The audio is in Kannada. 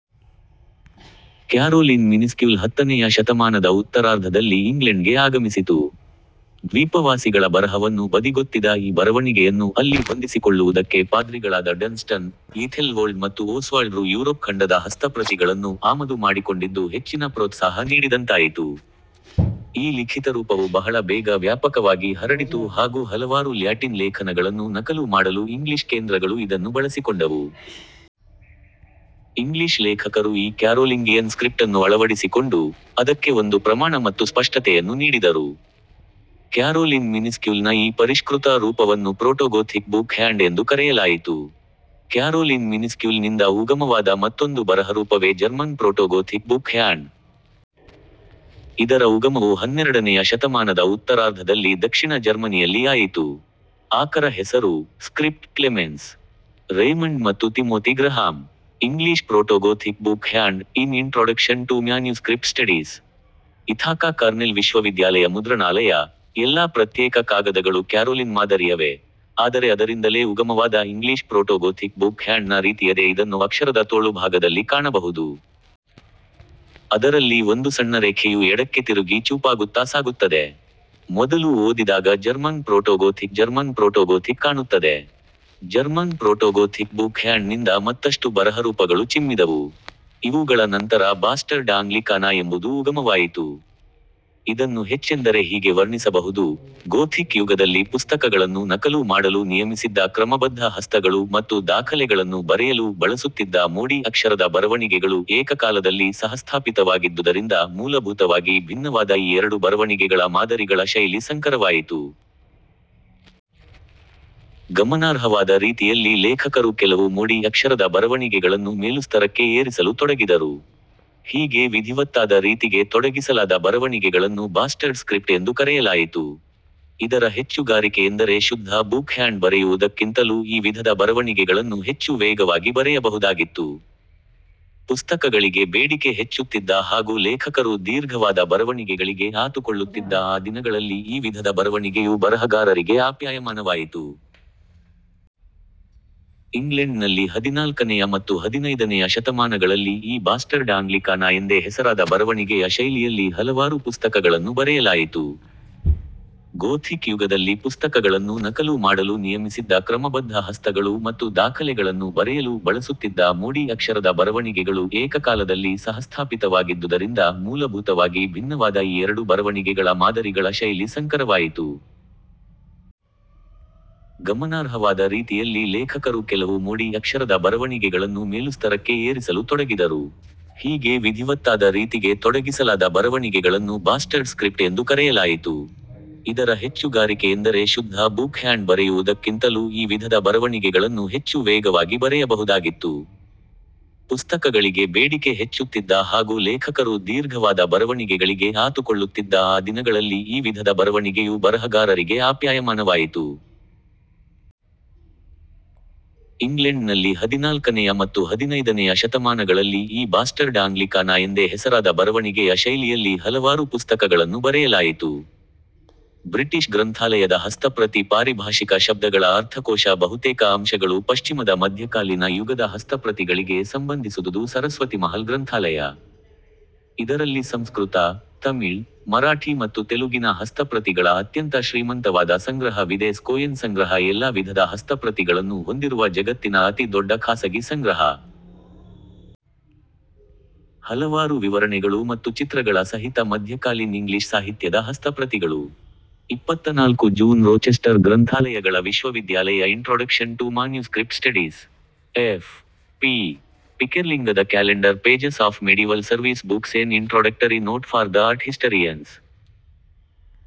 ಕ್ಯಾರೋಲಿನ್ ಮಿನಿಸ್ಕ್ಯೂಲ್ ಹತ್ತನೆಯ ಶತಮಾನದ ಉತ್ತರಾರ್ಧದಲ್ಲಿ ಇಂಗ್ಲೆಂಡ್ ಗೆ ಆಗಮಿಸಿತು. ದ್ವೀಪವಾಸಿಗಳ ಬರಹವನ್ನು ಬದಿಗೊತ್ತಿದ ಈ ಬರವಣಿಗೆಯನ್ನು ಅಲ್ಲಿ ಹೊಂದಿಸಿಕೊಳ್ಳುವುದಕ್ಕೆ ಪಾದ್ರಿಗಳಾದ ಡನ್ ಸ್ಟನ್, ಯೀಥೆಲ್ವೋಲ್ಡ್ ಮತ್ತು ಓಸ್ವಾಲ್ಡ್ ರು ಯೂರೋಪ್ ಖಂಡದ ಹಸ್ತಪ್ರತಿಗಳನ್ನು ಆಮದು ಮಾಡಿಕೊಂಡಿದ್ದು ಹೆಚ್ಚಿನ ಪ್ರೋತ್ಸಾಹ ನೀಡಿದಂತಾಯಿತು. ಈ ಲಿಖಿತರೂಪವು ಬಹಳ ಬೇಗ ವ್ಯಾಪಕವಾಗಿ ಹರಡಿತು ಹಾಗೂ ಹಲವಾರು ಲ್ಯಾಟಿನ್ ಲೇಖನಗಳನ್ನು ನಕಲು ಮಾಡಲು ಇಂಗ್ಲಿಷ್ ಕೇಂದ್ರಗಳು ಇದನ್ನು ಬಳಸಿಕೊಂಡವು. ಇಂಗ್ಲಿಷ್ ಲೇಖಕರು ಈ ಕ್ಯಾರೋಲಿಂಗಿಯನ್ ಸ್ಕ್ರಿಪ್ಟನ್ನು ಅಳವಡಿಸಿಕೊಂಡು, ಅದಕ್ಕೆ ಒಂದು ಪ್ರಮಾಣ ಮತ್ತು ಸ್ಪಷ್ಟತೆಯನ್ನು ನೀಡಿದರು. ಕ್ಯಾರೋಲಿನ್ ಮಿನಿಸ್ಕ್ಯೂಲ್ ನ ಈ ಪರಿಷ್ಕೃತ ರೂಪವನ್ನು ಪ್ರೋಟೋಗೋಥಿಕ್ ಬುಕ್ ಹ್ಯಾಂಡ್ ಎಂದು ಕರೆಯಲಾಯಿತು. ಕ್ಯಾರೋಲಿನ್ ಮಿನಿಸ್ಕ್ಯೂಲ್ ನಿಂದ ಉಗಮವಾದ ಮತ್ತೊಂದು ಬರಹರೂಪವೇ ಜರ್ಮನ್ ಪ್ರೋಟೋಗೋಥಿಕ್ ಬುಕ್ ಹ್ಯಾಂಡ್. ಇದರ ಉಗಮವು ಹನ್ನೆರಡನೆಯ ಶತಮಾನದ ಉತ್ತರಾರ್ಧದಲ್ಲಿ ದಕ್ಷಿಣ ಜರ್ಮನಿಯಲ್ಲಿ ಆಯಿತು. ಆಕರ ಹೆಸರು "ಸ್ಕ್ರಿಪ್ಟ್" ಕ್ಲೆಮೆನ್ಸ್. ರೇಮಂಡ್ ಮತ್ತು Timothy Graham. "English protogothic book hand" in introduction to manuscript studies. Ithaca Cornell ವಿಶ್ವವಿದ್ಯಾಲಯ ಮುದ್ರಣಾಲಯ, ಎಲ್ಲಾ ಪ್ರತ್ಯೇಕ ಕಾಗದಗಳೂ ಕ್ಯಾರೋಲಿನ್ ಮಾದರಿಯವೆ; ಆದರೆ ಅದರಿಂದಲೇ ಉಗಮವಾದ ಇಂಗ್ಲಿಷ್ ಪ್ರೋಟೋಗೋಥಿಕ್ ಬುಕ್ ಹ್ಯಾಂಡ್ ನ ರೀತಿಯದೇ ಇದನ್ನು ಅಕ್ಷರದ ತೋಳುಭಾಗದಲ್ಲಿ ಕಾಣಬಹುದು. ಅದರಲ್ಲಿ ಒಂದು ಸಣ್ಣರೇಖೆಯು ಎಡಕ್ಕೆ ತಿರುಗಿ ಚೂಪಾಗುತ್ತಾ ಸಾಗುತ್ತದೆ. ಮೊದಲು ಓದಿದಾಗ ಜರ್ಮನ್ ಪ್ರೋಟೋಗೋಥಿಕ್ ಜರ್ಮನ್ ಪ್ರೋಟೋಗೋಥಿಕ್ ಕಾಣುತ್ತದೆ. ಜರ್ಮನ್ ಪ್ರೋಟೋಗೋಥಿಕ್ ಬುಕ್ ಹ್ಯಾಂಡ್ ನಿಂದ ಮತ್ತಷ್ಟು ಬರಹರೂಪಗಳು ಚಿಮ್ಮಿದವು. ಇವುಗಳ ನಂತರ ಬಾಸ್ಟರ್ಡ್ ಆಂಗ್ಲಿಕಾನಾ ಎಂಬುದು ಉಗಮವಾಯಿತು. ಇದನ್ನು ಹೆಚ್ಚೆಂದರೆ ಹೀಗೆ ವರ್ಣಿಸಬಹುದು, ಗೋಥಿಕ್ ಯುಗದಲ್ಲಿ ಪುಸ್ತಕಗಳನ್ನು ನಕಲು ಮಾಡಲು ನಿಯಮಿಸಿದ್ದ ಕ್ರಮಬದ್ಧ ಹಸ್ತಗಳು ಮತ್ತು ದಾಖಲೆಗಳನ್ನು ಬರೆಯಲು ಬಳಸುತ್ತಿದ್ದ ಮೋಡಿ ಅಕ್ಷರದ ಬರವಣಿಗೆಗಳು ಏಕಕಾಲದಲ್ಲಿ ಸಹಸ್ಥಾಪಿತವಾಗಿದ್ದುದರಿಂದ ಮೂಲಭೂತವಾಗಿ ಭಿನ್ನವಾದ ಈ ಎರಡು ಬರವಣಿಗೆಗಳ ಮಾದರಿಗಳ ಶೈಲಿ-ಸಂಕರವಾಯಿತು. ಗಮನಾರ್ಹವಾದ ರೀತಿಯಲ್ಲಿ ಲೇಖಕರು ಕೆಲವು ಮೋಡಿ ಅಕ್ಷರದ ಬರವಣಿಗೆಗಳನ್ನು ಮೇಲುಸ್ತರಕ್ಕೆ ಏರಿಸಲು ತೊಡಗಿದರು. ಹೀಗೆ ವಿಧಿವತ್ತಾದ ರೀತಿಗೆ ತೊಡಗಿಸಲಾದ ಬರವಣಿಗೆಗಳನ್ನು ಬಾಸ್ಟರ್ಡ್ ಸ್ಕ್ರಿಪ್ಟ್ ಎಂದು ಕರೆಯಲಾಯಿತು. ಇದರ ಹೆಚ್ಚುಗಾರಿಕೆಯೆಂದರೆ ಶುದ್ಧ ಬುಕ್ ಹ್ಯಾಂಡ್ ಬರೆಯುವುದಕ್ಕಿಂತಲೂ ಈ ವಿಧದ ಬರವಣಿಗೆಗಳನ್ನು ಹೆಚ್ಚು ವೇಗವಾಗಿ ಬರೆಯಬಹುದಾಗಿತ್ತು. ಪುಸ್ತಕಗಳಿಗೆ ಬೇಡಿಕೆ ಹೆಚ್ಚುತ್ತಿದ್ದ ಹಾಗೂ ಲೇಖಕರು ದೀರ್ಘವಾದ ಬರವಣಿಗೆಗಳಿಗೆ ಆತುಕೊಳ್ಳುತ್ತಿದ್ದ ಆ ದಿನಗಳಲ್ಲಿ ಈ ವಿಧದ ಬರವಣಿಗೆಯು ಬರಹಗಾರರಿಗೆ ಆಪ್ಯಾಯಮಾನವಾಯಿತು. ಇಂಗ್ಲೆಂಡ್ ನಲ್ಲಿ ಹದಿನಾಲ್ಕನೆಯ ಮತ್ತು ಹದಿನೈದನೆಯ ಶತಮಾನಗಳಲ್ಲಿ ಈ ಬಾಸ್ಟರ್ಡ್ ಆಂಗ್ಲಿಕಾನಾ ಎಂದೇ ಹೆಸರಾದ ಬರವಣಿಗೆಯ ಶೈಲಿಯಲ್ಲಿ ಹಲವಾರು ಪುಸ್ತಕಗಳನ್ನು ಬರೆಯಲಾಯಿತು. ಗೋಥಿಕ್ ಯುಗದಲ್ಲಿ ಪುಸ್ತಕಗಳನ್ನು ನಕಲು ಮಾಡಲು ನಿಯಮಿಸಿದ್ದ ಕ್ರಮಬದ್ಧ ಹಸ್ತಗಳು ಮತ್ತು ದಾಖಲೆಗಳನ್ನು ಬರೆಯಲು ಬಳಸುತ್ತಿದ್ದ ಮೋಡಿ ಅಕ್ಷರದ ಬರವಣಿಗೆಗಳು ಏಕಕಾಲದಲ್ಲಿ ಸಹಸ್ಥಾಪಿತವಾಗಿದ್ದುದರಿಂದ ಮೂಲಭೂತವಾಗಿ ಭಿನ್ನವಾದ ಈ ಎರಡು ಬರವಣಿಗೆಗಳ ಮಾದರಿಗಳ ಶೈಲಿ ಸಂಕರವಾಯಿತು. ಗಮನಾರ್ಹವಾದ ರೀತಿಯಲ್ಲಿ ಲೇಖಕರು ಕೆಲವು ಮೋಡಿ ಅಕ್ಷರದ ಬರವಣಿಗೆಗಳನ್ನು ಮೇಲುಸ್ತರಕ್ಕೆ ಏರಿಸಲು ತೊಡಗಿದರು. ಹೀಗೆ ವಿಧಿವತ್ತಾದ ರೀತಿಗೆ ತೊಡಗಿಸಲಾದ ಬರವಣಿಗೆಗಳನ್ನು ಬಾಸ್ಟರ್ಡ್ ಸ್ಕ್ರಿಪ್ಟ್ ಎಂದು ಕರೆಯಲಾಯಿತು. ಇದರ ಹೆಚ್ಚುಗಾರಿಕೆಯೆಂದರೆ ಶುದ್ಧ ಬುಕ್ ಹ್ಯಾಂಡ್ ಬರೆಯುವುದಕ್ಕಿಂತಲೂ ಈ ವಿಧದ ಬರವಣಿಗೆಗಳನ್ನು ಹೆಚ್ಚು ವೇಗವಾಗಿ ಬರೆಯಬಹುದಾಗಿತ್ತು. ಪುಸ್ತಕಗಳಿಗೆ ಬೇಡಿಕೆ ಹೆಚ್ಚುತ್ತಿದ್ದ ಹಾಗೂ ಲೇಖಕರು ದೀರ್ಘವಾದ ಬರವಣಿಗೆಗಳಿಗೆ ಆತುಕೊಳ್ಳುತ್ತಿದ್ದ ಆ ದಿನಗಳಲ್ಲಿ ಈ ವಿಧದ ಬರವಣಿಗೆಯು ಬರಹಗಾರರಿಗೆ ಆಪ್ಯಾಯಮಾನವಾಯಿತು. ಇಂಗ್ಲೆಂಡ್ ನಲ್ಲಿ ಹದಿನಾಲ್ಕನೆಯ ಮತ್ತು ಹದಿನೈದನೆಯ ಶತಮಾನಗಳಲ್ಲಿ ಈ ಬಾಸ್ಟರ್ಡ್ ಆಂಗ್ಲಿಕಾನಾ ಎಂದೇ ಹೆಸರಾದ ಬರವಣಿಗೆಯ ಶೈಲಿಯಲ್ಲಿ ಹಲವಾರು ಪುಸ್ತಕಗಳನ್ನು ಬರೆಯಲಾಯಿತು. ಬ್ರಿಟಿಷ್ ಗ್ರಂಥಾಲಯದ ಹಸ್ತಪ್ರತಿ ಪಾರಿಭಾಷಿಕ ಶಬ್ದಗಳ ಅರ್ಥಕೋಶ ಬಹುತೇಕ ಅಂಶಗಳು ಪಶ್ಚಿಮದ ಮಧ್ಯಕಾಲೀನ ಯುಗದ ಹಸ್ತಪ್ರತಿಗಳಿಗೆ ಸಂಬಂಧಿಸುದುದು ಸರಸ್ವತಿಮಹಲ್ ಗ್ರಂಥಾಲಯ. ಇದರಲ್ಲಿ ಸಂಸ್ಕೃತ, ತಮಿಳ್, ಮರಾಠಿ ಮತ್ತು ತೆಲುಗಿನ ಹಸ್ತಪ್ರತಿಗಳ ಅತ್ಯಂತ ಶ್ರೀಮಂತವಾದ ಸಂಗ್ರಹ ವಿದೆ ಸ್ಕೋಯೆನ್ ಸಂಗ್ರಹ ಎಲ್ಲಾ ವಿಧದ ಹಸ್ತಪ್ರತಿಗಳನ್ನು ಹೊಂದಿರುವ ಜಗತ್ತಿನ ಅತಿ ದೊಡ್ಡ ಖಾಸಗಿ ಸಂಗ್ರಹ. ಹಲವಾರು ವಿವರಣೆಗಳು ಮತ್ತು ಚಿತ್ರಗಳ ಸಹಿತ ಮಧ್ಯಕಾಲೀನ್ ಇಂಗ್ಲಿಷ್ ಸಾಹಿತ್ಯದ ಹಸ್ತಪ್ರತಿಗಳು. ಇಪ್ಪತ್ತನಾಲ್ಕು ಜೂನ್ ರೋಚೆಸ್ಟರ್ ಗ್ರಂಥಾಲಯಗಳ ವಿಶ್ವವಿದ್ಯಾಲಯ introduction to manuscript studies. F. P. ಪಿಕೆರ್ಲಿಂಗದ calendar pages of medieval service books an introductory note for the art historians.